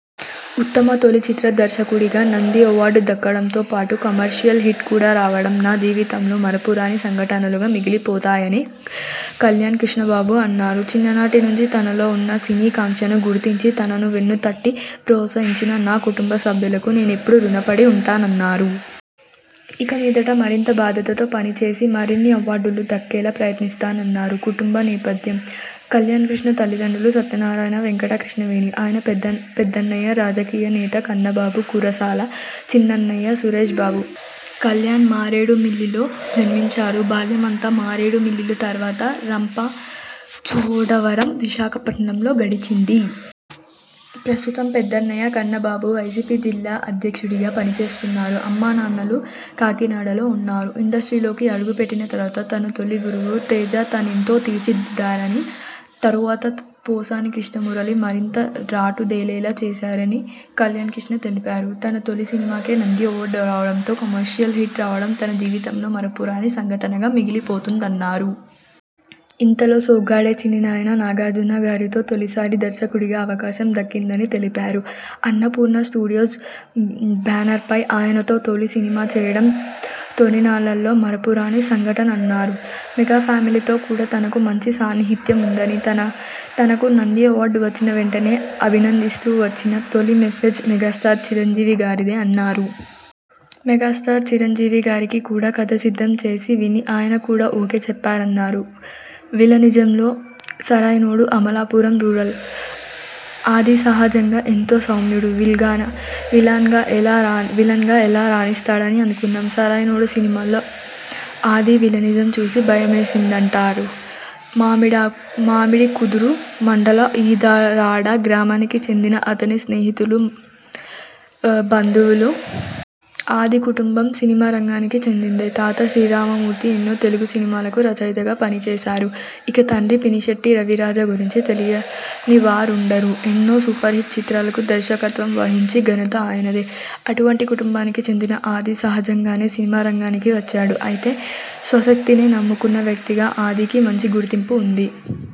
ఉత్తమ తొలి చిత్ర దర్శకుడిగా నంది అవార్డు దక్కడంతోపాటు కమర్షియల్ హిట్ కూడా రావడం నా జీవితంలో మరపురాని సంఘటనలుగా మిగిలిపోతాయని కళ్యాణ్కృష్ణబాబు అన్నారు. చిన్ననాటి నుంచి తనలో ఉన్న సినీ కాంక్షను గుర్తించి తనను వెన్నుతట్టి ప్రోత్సహించిన నా కుటుంబ సభ్యులకు ఎప్పుడూ రుణపడి ఉంటానన్నారు. ఇక మీదట మరింత బాధ్యతతో పనిచేసి మరిన్ని అవార్డులకు దక్కేలా ప్రయత్నిస్తానన్నారు. కుటుంబ నేపథ్యం: కల్యాణ్కృష్ణ తల్లిదండ్రులు సత్యనారాయణ, వెంకట కృష్ణవేణి, ఆయన పెద్దన్నయ్య రాజకీయ నేత కన్నబాబు కురసాల, చిన్నన్నయ్య సురేష్బాబు. కల్యాణ్ మారేడుమిల్లిలో జన్మించారు. బాల్యం అంతా మారేడుమిల్లి తర్వాత రంపచోడవరం, విశాఖపట్నంలో గడిచింది. ప్రస్తుతం పెద్దన్నయ్య కన్నబాబు వైసీపీ జిల్లా అధ్యక్షుడిగా పనిచేస్తున్నారు. అమ్మనాన్నలు కాకినాడలో ఉన్నా రు. ఇండస్ర్టీలోకి అడుగు పెట్టిన తర్వాత తన తొలిగురువు తేజ తననెంతో తీర్చిదిద్దారని, తరువాత పోసాని కృష్ణమురళీ మరింత రాటుదేలేలా చేశారని కల్యాణ్కృష్ణ తెలిపారు. తన తొలి సినిమాకే నంది అవార్డు రావడంతోపాటు కమర్షియల్ హిట్ రావడం తన జీవితంలో మరపురాని సంఘటనగా మిగిలిపోతుందన్నారు. ఇంతలో సొగ్గాడే చిన్నినాయన నాగార్జున గారితో తొలిసారి దర్శకుడిగా అవకాశం దక్కిందని తెలిపారు. అన్నపూర్ణ స్టూడియోస్ బేనర్పై ఆయనతో తొలి సినిమా చేయడం తొలినాళ్లలో మరపురాని సంఘటనన్నారు. మెగా ఫ్యామిలితో కూడా తనకు మంచి సాన్నిహిత్యం ఉందని, తనకు నంది అవార్డు వచ్చిన వెంటనే అభినందిస్తూ వచ్చిన తొలి మేసేజ్ మెగాస్టార్ చిరంజీవి గారిదేనన్నారు. మెగాస్టార్ చిరంజీవి గారికి కూడా కథ సిద్ధం చేసి విని ఆయన కూడా ఒకే చెప్పారన్నారు. విలనిజంలో సరైనోడు అమలాపురం రూరల్: ఆది సహజంగా ఎంతో సౌమ్యుడు. విలన్గా ఎలా రాణిస్తాడని అనుకున్నాం. సరైనోడు సినిమాలో ఆది విలనిజం చూసి భయమేసిందంటారు మామిడికుదురు మండలం ఈదరాడ గ్రామానికి చెందిన అతని స్నేహితులు, బంధువులు. ఆది కుటుంబం సినిమారంగానికి చెందిందే. తాత శ్రీరామమూర్తి ఎన్నో తెలుగు సినిమాలకు రచయితగా పనిచేశారు. ఇక తండ్రి పినిశెట్టి రవిరాజా గురించి తెలియనివారుండరు. ఎన్నో సూపర్హిట్ చిత్రాలకు దర్శకత్వం వహించిన ఘనత ఆయనదే. అటువంటి కుటుంబానికి చెందిన ఆది సహజంగానే సినిమారంగానికి వచ్చాడు. అయితే స్వశక్తినే నమ్ముకున్న వ్యక్తిగా ఆదికి మంచి గుర్తింపు ఉంది.